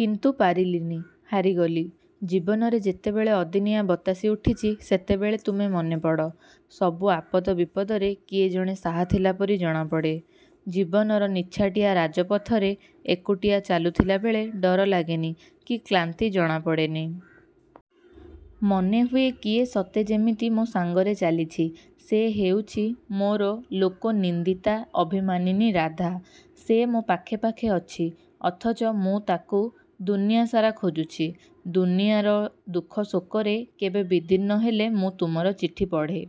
କିନ୍ତୁ ପାରିଲିନି। ହାରିଗଲି। ଜୀବନରେ ଯେତେବେଳେ ଅଦିନିଆ ବତାସି ଉଠିଛି; ସେତେବେଳେ ତୁମେ ମନେ ପଡ଼। ସବୁ ଆପଦ ବିପଦରେ କିଏ ଜଣେ ସାହା ଥିଲା ପରି ଜଣାପଡ଼େ। ଜୀବନର ନିଛାଟିଆ ରାଜ ପଥରେ ଏକୁଟିଆ ଚାଲୁଥିଲା ବେଳେ ଡର ଲାଗେନି; କି କ୍ଳାନ୍ତି ଜଣା ପଡ଼େନି। ମନେହୁଏ କିଏ ସତେ ଯେମିତି ମୋ ସାଙ୍ଗରେ ଚାଲିଛି। ସେ ହେଉଛି ମୋର ଲୋକ-ନିନ୍ଦିତା, ଅଭିମାନିନୀ ରାଧା। ସେ ମୋ ପାଖେ ପାଖେ ଅଛି-ଅଥଚ ମୁଁ ତାକୁ ଦୁନିଆ ସାରା ଖୋଜୁଛି। ଦୁନିଆର ଦୁଃଖ ଶୋକରେ କେବେ ବିଦୀର୍ଣ୍ଣ ହେଲେ ମୁଁ ତୁମର ଚିଠି ପଢ଼େ।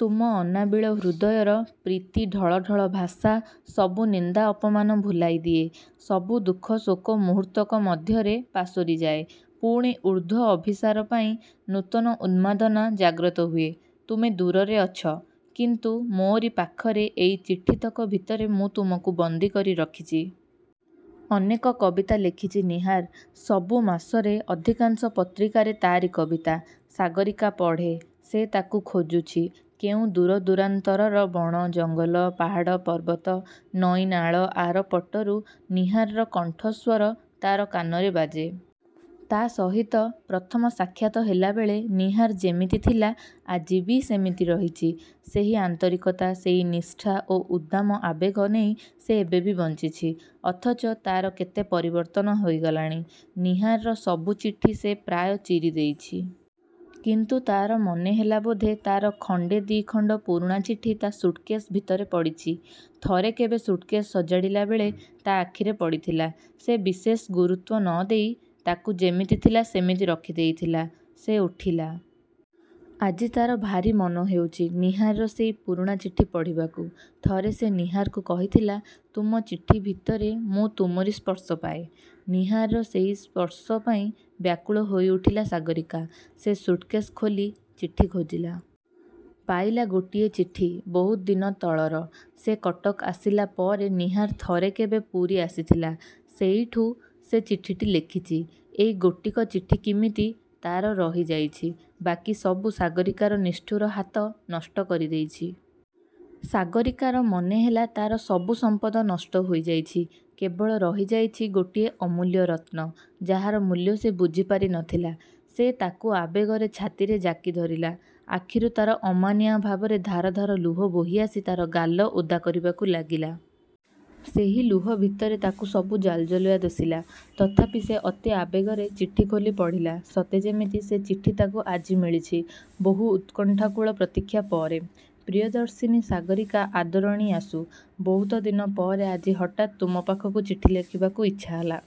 ତୁମ ଅନାବିଳ ହୃଦୟର ପ୍ରୀତି ଢଳ ଢଳ ଭାଷା; ସବୁ ନିନ୍ଦା ଅପମାନ ଭୁଲାଇ ଦିଏ। ସବୁ ଦୁଃଖ ଶୋକ ମୁହୂର୍ତ୍ତକ ମଧ୍ୟରେ ପାସୋରି ଯାଏ। ପୁଣି ଉର୍ଦ୍ଧ୍ୱ-ଅଭିସାର ପାଇଁ ନୂତନ ଉନ୍ମାଦନା ଜାଗ୍ରତ ହୁଏ। ତୁମେ ଦୂରରେ ଅଛ। କିନ୍ତୁ ମୋରି ପାଖରେ, ଏଇ ଚିଠିତକ ଭିତରେ ମୁଁ ତୁମକୁ ବନ୍ଦୀ କରି ରଖିଛି-। '' ଅନେକ କବିତା ଲେଖିଛି ନୀହାର। ସବୁ ମାସରେ ଅଧିକାଂଶ ପତ୍ରିକାରେ ତାରି କବିତା-। ସାଗରୀକା ପଢ଼େ। ସେ ତାକୁ ଖୋଜୁଛି। କେଉଁ ଦୂର ଦୂରାନ୍ତରର ବଣ ଜଙ୍ଗଲ, ପାହାଡ଼ ପର୍ବତ, ନଇ ନାଳ ଆର ପଟରୁ ନୀହାରର କଣ୍ଠ ସ୍ୱର ତା'ର କାନରେ ବାଜେ। ତା' ସହିତ ପ୍ରଥମ ସାକ୍ଷାତ ହେଲାବେଳେ ନୀହାର ଯେମିତି ଥିଲା; ଆଜି ବି ସେମିତି ରହିଛି। ସେହି ଆନ୍ତରିକତା, ସେଇ ନିଷ୍ଠା ଓ ଉବ୍ଦାମ ଆବେଗ ନେଇ ସେ ଏବେ ବି ବଞ୍ଚିଛି। ଅଥଚ ତା'ର କେତେ ପରିବର୍ତ୍ତନ ହୋଇଗଲାଣି-। ନୀହାରର ସବୁ ଚିଠି ସେ ପ୍ରାୟ ଚିରି ଦେଇଛି। କିନ୍ତୁ ତା'ର ମନେହେଲା ବୋଧେ ତା'ର ଖଣ୍ଡେ ଦି' ଖଣ୍ଡ ପୁରୁଣା ଚିଠି ତା' ସୁଟକେଶ ଭିତରେ ପଡ଼ିଚି। ଥରେ କେବେ ସୁଟକେଶ୍ ସଜାଡ଼ିଲା ବେଳେ ତା' ଆଖିରେ ପଡ଼ିଥିଲା। ସେ ବିଶେଷ ଗୁରୁତ୍ୱ ନଦେଇ ତାକୁ ଯେମିତି ଥିଲା, ସେମିତି ରଖି ଦେଇଥିଲା। ସେ ଉଠିଲା। ଆଜି ତା'ର ଭାରି ମନ ହେଉଛି-ନୀହାରର ସେଇ ପୁରୁଣା ଚିଠି ପଢ଼ିବାକୁ। ଥରେ ସେ ନୀହାରକୁ କହିଥିଲା-''ତୁମ ଚିଠି ଭିତରେ ମୁଁ ତୁମରି ସ୍ପର୍ଶ ପାଏ। '' ନୀହାରର ସେଇ ସ୍ପର୍ଶ ପାଇଁ ବ୍ୟାକୁଳ ହୋଇ ଉଠିଲା ସାଗରୀକା। ସେ ସୁଟକେଶ ଖୋଲି; ଚିଠି ଖୋଜିଲା। ପାଇଲା ଗୋଟିଏ ଚିଠି; ବହୁତ ଦିନ ତଳର। ସେ କଟକ ଆସିଲା ପରେ ନୀହାର ଥରେ କେବେ ପୁରୀ ଆସିଥିଲା। ସେଇଠୁଁ ସେ ଚିଠିଟି ଲେଖିଛି। ଏଇ ଗୋଟିକ ଚିଠି କିମିତି ତା'ର ରହି ଯାଇଛି। ବାକି ସବୁ ସାଗରୀକାର ନିଷ୍ଠୁର ହାତ ନଷ୍ଟ କରିଦେଇଛି। ସାଗରୀକାର ମନେହେଲା ତା'ର ସବୁ ସମ୍ପଦ ନଷ୍ଟ ହୋଇଯାଇଛି-କେବଳ ରହିଯାଇଛି ଗୋଟିଏ ଅମୂଲ୍ୟ ରତ୍ନ; ଯାହାର ମୂଲ୍ୟ ସେ ବୁଝିପାରି ନଥିଲା। ସେ ତାକୁ ଆବେଗରେ ଛାତିରେ ଜାକି ଧରିଲା-ଆଖିରୁ ତା'ର ଅମାନିଆଁ ଭାବରେ ଧାର ଧାର ଲୁହ ବୋହି ଆସି ତା'ର ଗାଲ ଓଦା କରିବାକୁ ଲାଗିଲା। ସେହି ଲୁହ ଭିତରେ ତାକୁ ସବୁ ଜାଲଜାଲୁଆ ଦିଶିଲା। ତଥାପି ସେ ଅତି ଆବେଗରେ ଚିଠି ଖୋଲି ପଢ଼ିଲା; ସତେ ଯେମିତି ସେ ଚିଠି ତାକୁ ଆଜି ମିଳିଛି; ବହୁ ଉତ୍କଣ୍ଠାକୁଳ ପ୍ରତୀକ୍ଷା ପରେ। ପ୍ରିୟଦର୍ଶିନୀ ସାଗରୀକା ଆଦରଣୀୟାଷୁ; ବହୁତ ଦିନ ପରେ ଆଜି ହଠାତ୍ ତୁମ ପାଖକୁ ଚିଠି ଲେଖିବାକୁ ଇଚ୍ଛା ହେଲା,